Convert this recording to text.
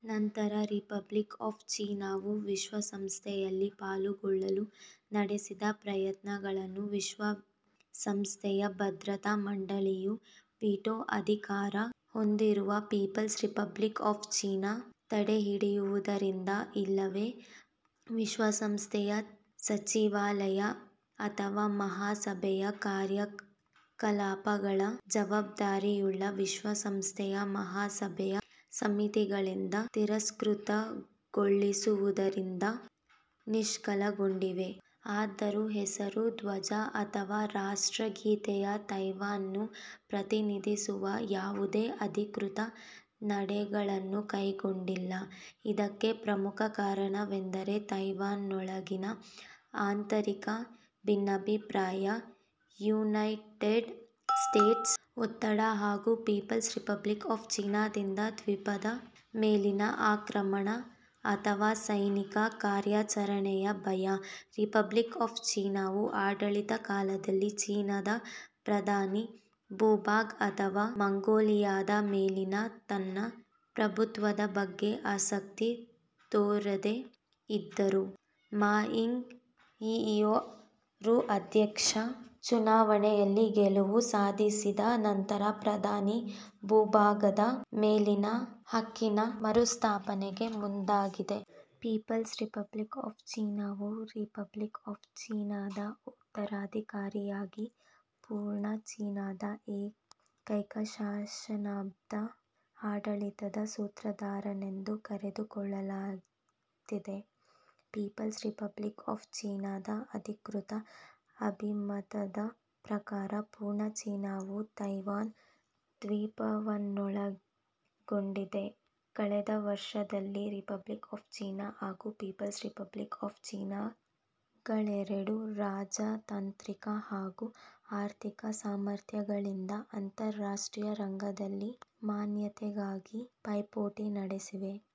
ನಂತರ Republic of ಚೀನಾವು ವಿಶ್ವಸಂಸ್ಥೆಯಲ್ಲಿ ಪಾಲುಗೊಳ್ಳಲು ನಡೆಸಿದ ಪ್ರಯತ್ನಗಳು ವಿಶ್ವಸಂಸ್ಥೆಯ ಭದ್ರತಾ ಮಂಡಳಿ ಯ ವಿಟೊ ಅಧಿಕಾರ ಹೊಂದಿರುವ ಪೀಪಲ್ಸ್ ರಿಪಬ್ಲಿಕ್ ಆಫ್ ಚೀನಾ ತಡೆಹಿಡಿಯುವುದರಿಂದ ಇಲ್ಲವೇ ವಿಶ್ವಸಂಸ್ಥೆಯ ಸಚಿವಾಲಯ ಅಥವಾ ಮಹಾಸಭೆಯ ಕಾರ್ಯಕಲಾಪ ಗಳ ಜವಾಬ್ದಾರಿಯುಳ್ಳ ವಿಶ್ವಸಂಸ್ಥೆಯ ಮಹಾಸಭೆಯ ಸಮಿತಿಗಳಿಂದ ತಿರಸ್ಕೃತಗೊಳಿಸುವುದರಿಂದ ನಿಷ್ಫಲಗೊಂಡಿವೆ. ಆದರೂ ಹೆಸರು, ಧ್ವಜ ಅಥವಾ ರಾಷ್ಟ್ರಗೀತೆಯಲ್ಲಿ ತೈವಾನ್ನ್ನು ಪ್ರತಿನಿಧಿಸುವ ಯಾವುದೇ ಅಧಿಕೃತ ನಡೆಗಳನ್ನು ಕೈಗೊಂಡಿಲ್ಲ. ಇದಕ್ಕೆ ಪ್ರಮುಖ ಕಾರಣವೆಂದರೆ ತೈವಾನ್ನೊಳಗಿನ ಆಂತರಿಕ ಭಿನ್ನಾಭಿಪ್ರಾಯ, ಯುನೈಟೆಡ್ ಸ್ಟೇಟ್ಸ್ನ ಒತ್ತಡ ಹಾಗೂ ಪೀಪಲ್ಸ್ ರಿಪಬ್ಲಿಕ್ ಆಫ್ ಚೀನಾದಿಂದ ದ್ವೀಪದ ಮೇಲಿನ ಆಕ್ರಮಣ ಅಥವಾ ಸೈನಿಕ ಕಾರ್ಯಾಚರಣೆಯ ಭಯ. ರಿಪಬ್ಲಿಕ್ ಆಫ್ ಚೀನಾವು ಆಡಳಿತ ಕಾಲದಲ್ಲಿ ಚೀನಾದ ಪ್ರಧಾನ ಭೂಭಾಗ ಅಥವಾ ಮಂಗೋಲಿಯಾದ ಮೇಲಿನ ತನ್ನ ಪ್ರಭುತ್ವದ ಬಗ್ಗೆ ಆಸಕ್ತಿ ತೋರದೇ ಇದ್ದರೂ, ಮಾ ಯಿಂಗ್-ಝಿಯೌ ರು ಅಧ್ಯಕ್ಷೀಯ ಚುನಾವಣೆಯಲ್ಲಿ ಗೆಲುವು ಸಾಧಿಸಿದ ನಂತರ, ಪ್ರಧಾನ ಭೂಭಾಗದ ಮೇಲಿನ ಹಕ್ಕಿನ ಮರುಸ್ಥಾಪನೆ ಗೆ ಮುಂದಾಗಿದೆ. ಪೀಪಲ್ಸ್ ರಿಪಬ್ಲಿಕ್ ಆಫ್ ಚೀನಾವು ರಿಪಬ್ಲಿಕ್ ಆಫ್ ಚೀನಾದ ಉತ್ತರಾಧಿಕಾರಿಯಾಗಿ ಪೂರ್ಣ ಚೀನಾದ ಏಕೈಕ ಶಾಸನಬದ್ಧ ಆಡಳಿತದ ಸೂತ್ರಧಾರನೆಂದು ಕರೆದುಕೊಳ್ಳುತ್ತಿದೆ. ಪೀಪಲ್ಸ್ ರಿಪಬ್ಲಿಕ್ ಆಫ್ ಚೀನಾದ ಅಧಿಕೃತ ಅಭಿಮತದ ಪ್ರಕಾರ ಪೂರ್ಣ ಚೀನಾವು ತೈವಾನ್ ದ್ವೀಪವನ್ನೊಳಗೊಂಡಿದೆ. ಕಳೆದ ವರ್ಷಗಳಲ್ಲಿ ರಿಪಬ್ಲಿಕ್ ಆಫ್ ಚೀನಾ ಹಾಗೂ ಪೀಪಲ್ಸ್ ರಿಪಬ್ಲಿಕ್ ಆಫ್ ಚೀನಾಗಳೆರಡೂ ರಾಜತಾಂತ್ರಿಕ ಹಾಗೂ ಆರ್ಥಿಕ ಸಾಮರ್ಥ್ಯಗಳಿಂದ ಅಂತರರಾಷ್ಟ್ರೀಯ ರಂಗದಲ್ಲಿ ಮಾನ್ಯತೆಗಾಗಿ ಪೈಪೋಟಿ ನಡೆಸಿವೆ.